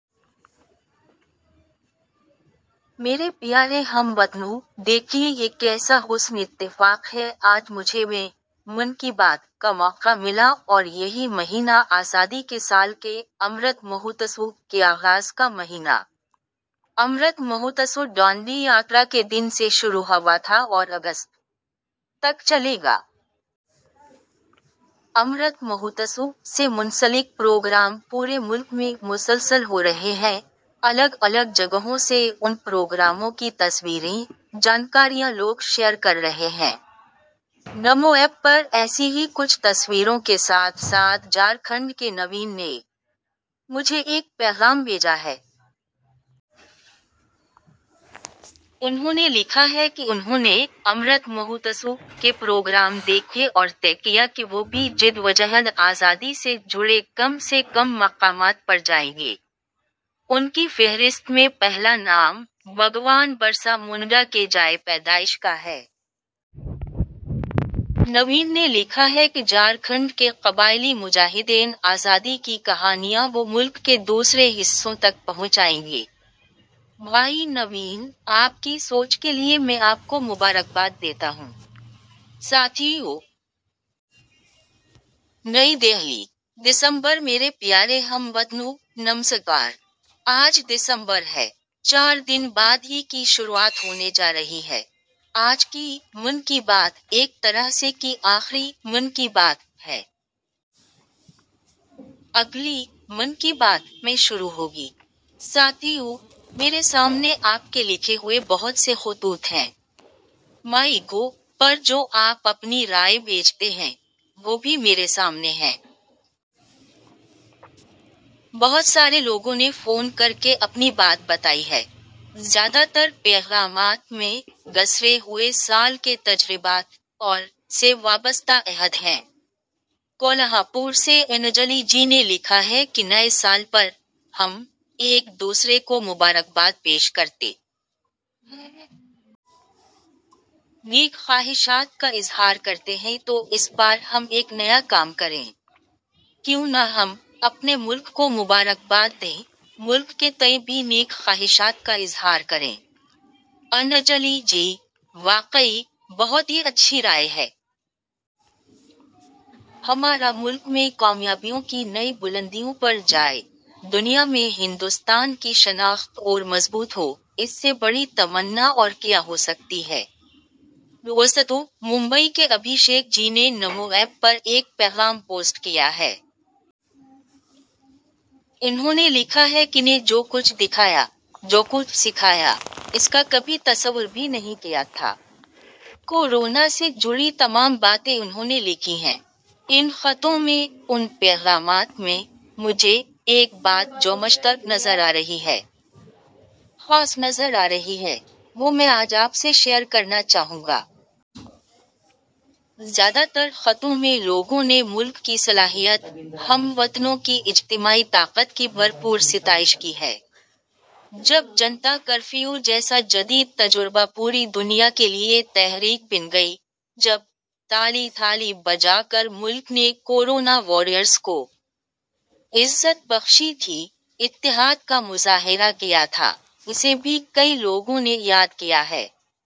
میرے پیارے ہم وطنو، دیکھیے یہ کیسا حسن اتفاق ہے آج مجھے ویں 'من کی بات' کا موقع ملا اور یہی مہینہ آزادی کے سال کے 'امرت مہوتسو'کے آغاز کا مہینہ۔ امرت مہوتسو ڈانڈی یاترا کے دن سے شروع ہوا تھا اور اگست تک چلےگا۔ 'امرت مہوتسو' سے منسلک پروگرام پورے ملک میں مسلسل ہو رہے ہیں، الگ الگ جگہوں سے ان پروگراموں کی تصویریں، جانکاریاں لوگ شیئر کر رہے ہیں۔ نمو ایپ پر ایسی ہی کچھ تصویروں کے ساتھ ساتھ جھارکھنڈ کے نوین نے مجھے ایک پیغام بھیجا ہے۔ انہوں نے لکھا ہے کہ انہوں نے 'امرت مہوتسو' کے پروگرام دیکھے اور طے کیا کہ وہ بھی جد وجہد آزادی سے جڑے کم سے کم مقامات پر جائیں گے۔ ان کی فہرست میں پہلا نام، بھگوان برسا منڈا کے جائے پیدائش کا ہے۔ نوین نے لکھا ہے کہ جھارکھنڈ کے قبائلی مجاہدین آزادی کی کہانیاں وہ ملک کے دوسرے حصوں تک پہنچائیں گے۔ بھائی نوین، آپکی سوچ کے لیے میں آپ کو مبارکباد دیتا ہوں۔ ساتھیو،. نئی دہلی۔ دسمبر میرے پیارے ہم وطنو، نمسکار۔ آج دسمبر ہے۔ چار دن بعد ہی کی شروعات ہونے جا رہی ہے۔ آج کی 'من کی بات' ایک طرح سے کی آخری 'من کی بات' ہے۔ اگلی 'من کی بات' میں شروع ہوگی۔ ساتھیو، میرے سامنے آپ کے لکھے ہوئے بہت سے خطوط ہیں۔ ' مائی گو' پر جو آپ اپنی رائے بھیجتے ہیں، وہ بھی میرے سامنے ہیں۔ بہت سارے لوگوں نے فون کرکے اپنی بات بتائی ہے۔ زیادہ تر پیغامات میں، گذرے ہوئے سال کے تجربات ، اور، سے وابستہ عہد ہیں۔ کولہاپور سے انجلی جی نے لکھا ہے کہ نئے سال پر، ہم، ایک دوسرے کو مبارکباد پیش کرتے ہیں۔ نیک خواہشات کا اظہار کرتے ہیں تو اس بار ہم ایک نیا کام کریں۔ کیوں نہ ہم، اپنے ملک کو مبارکباد دیں، ملک کے تئیں بھی نیک خواہشات کا اظہار کریں۔ انجلی جی، واقعی، بہت ہی اچھی رائے ہے۔ ہمارا ملک میں کامیابیوں کی نئی بلندیوں پر جائے ، دنیا میں ہندوستان کی شناخت اورمضبوط ہو، اس سے بڑی تمنا اور کیا ہوسکتی ہے۔ دوستو ، ممبئی کے ابھیشیک جی نے نمو ایپ پر ایک پیغام پوسٹ کیا ہے۔ انہوں نے لکھا ہے کہ نے جو کچھ دکھایا ، جوکچھ سکھایا ، اس کا کبھی تصور بھی نہیں کیا تھا۔ کو رونا سے جڑی تمام باتیں انہوں نے لکھی ہیں۔ ان خطوں میں، ان پیغامات میں، مجھے، ایک بات جومشترک نظر آ رہی ہے، خاص نظر آ رہی ہے، وہ میں آج آپ سے شیئر کرنا چاہوں گا۔ زیادہ تر خطوں میں لوگوں نے ملک کی صلاحیت ، ہم وطنوں کی اجتماعی طاقت کی بھرپور ستائش کی ہے۔ جب جنتا کرفیو جیسا جدید تجربہ پوری دنیا کے لیے تحریک بن گئی ، جب، تالی تھالی بجاکر ملک نے کورونا واریرس کو عزت بخشی تھی، اتحاد کا مظاہرہ کیا تھا، اسے بھی کئی لوگوں نے یاد کیا ہے ۔